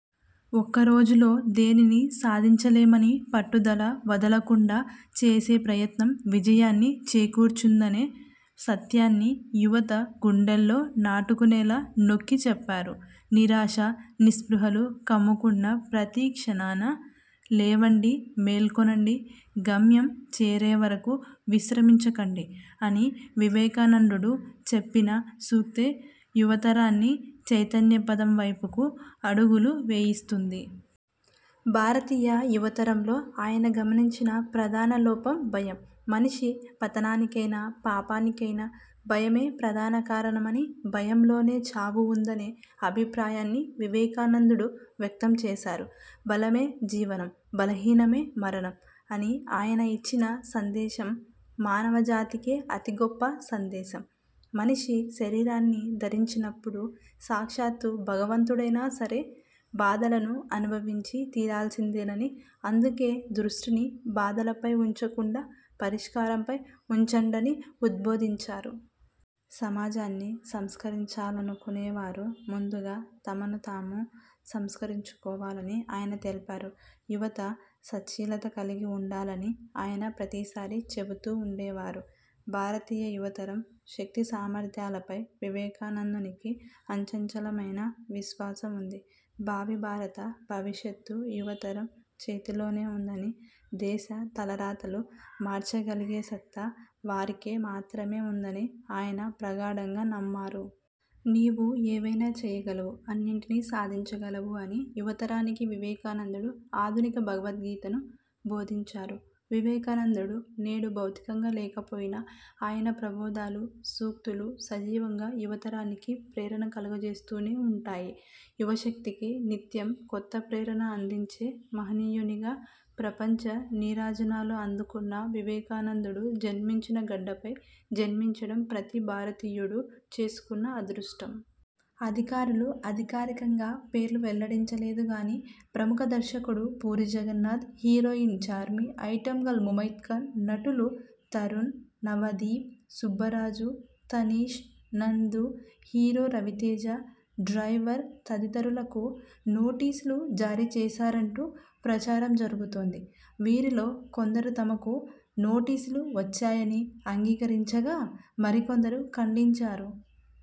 ఒక్కరోజులో దేనిని సాధించలేమని, పట్టుదల వదలకుండా చేసే ప్రయత్నం విజయాన్ని చేకూర్చుందనే సత్యాన్ని యువత గుండెల్లో నాటుకునేలా నొక్కి చెప్పారు. నిరాశ, నిస్పృహలు కమ్ముకున్న ప్రతి క్షణాన ''లేవండి! మేల్కొనండి! గమ్యం చేరే వరకు విశ్రమించకండి'' అని వివేకానండుడు చెప్పిన సూక్తే యువతరాన్ని చైతన్యపథం వైపుకు అడుగులు వేయిస్తుంది. భారతీయ యువతరంలో ఆయన గమనించిన ప్రధాన లోపం భయం. మనిషి పతానికైనా పాపానికైనా భయమే ప్రధానకారణమని, భయంలోనే చావు ఉందనే అభిప్రాయాన్ని వివేకానందుడు వ్యక్తం చేశారు. ''బలమే జీవనం. బలహీనమే మరణం'' అని ఆయన ఇచ్చిన సందేశం మానవజాతికే అతి గొప్ప సందేశం. మనిషి శరీరాన్ని ధరించినప్పుడు సాక్షాత్తు భగవంతుడైనా సరే బాధలను అనుభవించి తీరాల్సిందేనని, అందుకే దృష్టిని బాధలపై ఉంచకుండా పరిష్కారం పై ఉంచండని ఉద్భోదించారు. సమాజాన్ని సంస్కరించాలనుకునే వారు ముందుగా తమను తాము సంస్కరించుకోవాలని ఆయన తెల్పారు. యువత సచ్ఛీలత కలిగిఉండాలని ఆయన ప్రతిసారి చెబుతూ ఉండేవారు. భారతీయ యువతరం శక్తి సామర్ధ్యాలపై వివేకానందునికి అంచంచలమైన విశ్వాసం ఉంది. భావి భారత భవిష్యత్తు యువతరం చేతిలోనే ఉందని, దేశ తలరాతలు మార్చగలిగే సత్తా వారికే మాత్రమే ఉందని ఆయన ప్రగాఢంగా నమ్మారు. నీవు ఏమైనా చేయగలవు. అన్నింటిని సాధించగలవు'' అని యువతరానికి వివేకానందుడు ఆధునిక భగవద్గీతను బోధించారు. వివేకానందుడు నేడు భౌతికంగా లేకపోయినా ఆయన ప్రబోధాలు, సూక్తులు సజీవంగా యువతరానికి ప్రేరణ కలుగజేస్తూనే ఉంటాయి. యువశక్తికి నిత్యం కొత్త ప్రేరణ అందించే మహనీయునిగా ప్రపంచ నీరాజనాలు అందుకున్న వివేకానందుడు జన్మించిన గడ్డపై జన్మించడం ప్రతి భారతీయుడు చేసుకున్న అదృష్టం. అధికారులు అధికారికంగా పేర్లు వెల్లడించలేదుగానీ ప్రముఖ దర్శకుడు Puri Jagannadh, heroine Charmi, item girl Mumaith Khan, నటులు తరుణ్, నవదీప్, సుబ్బరాజు, తనీశ్, నందు, హీరో రవితేజ డ్రైవర్ తదితరులకు నోటీసులు జారీ చేశారంటూ ప్రచారం జరుగుతోంది. వీరిలో కొందరు తమకు నోటీసులు వచ్చాయని అంగీకరించగా మరికొందరు ఖండించారు.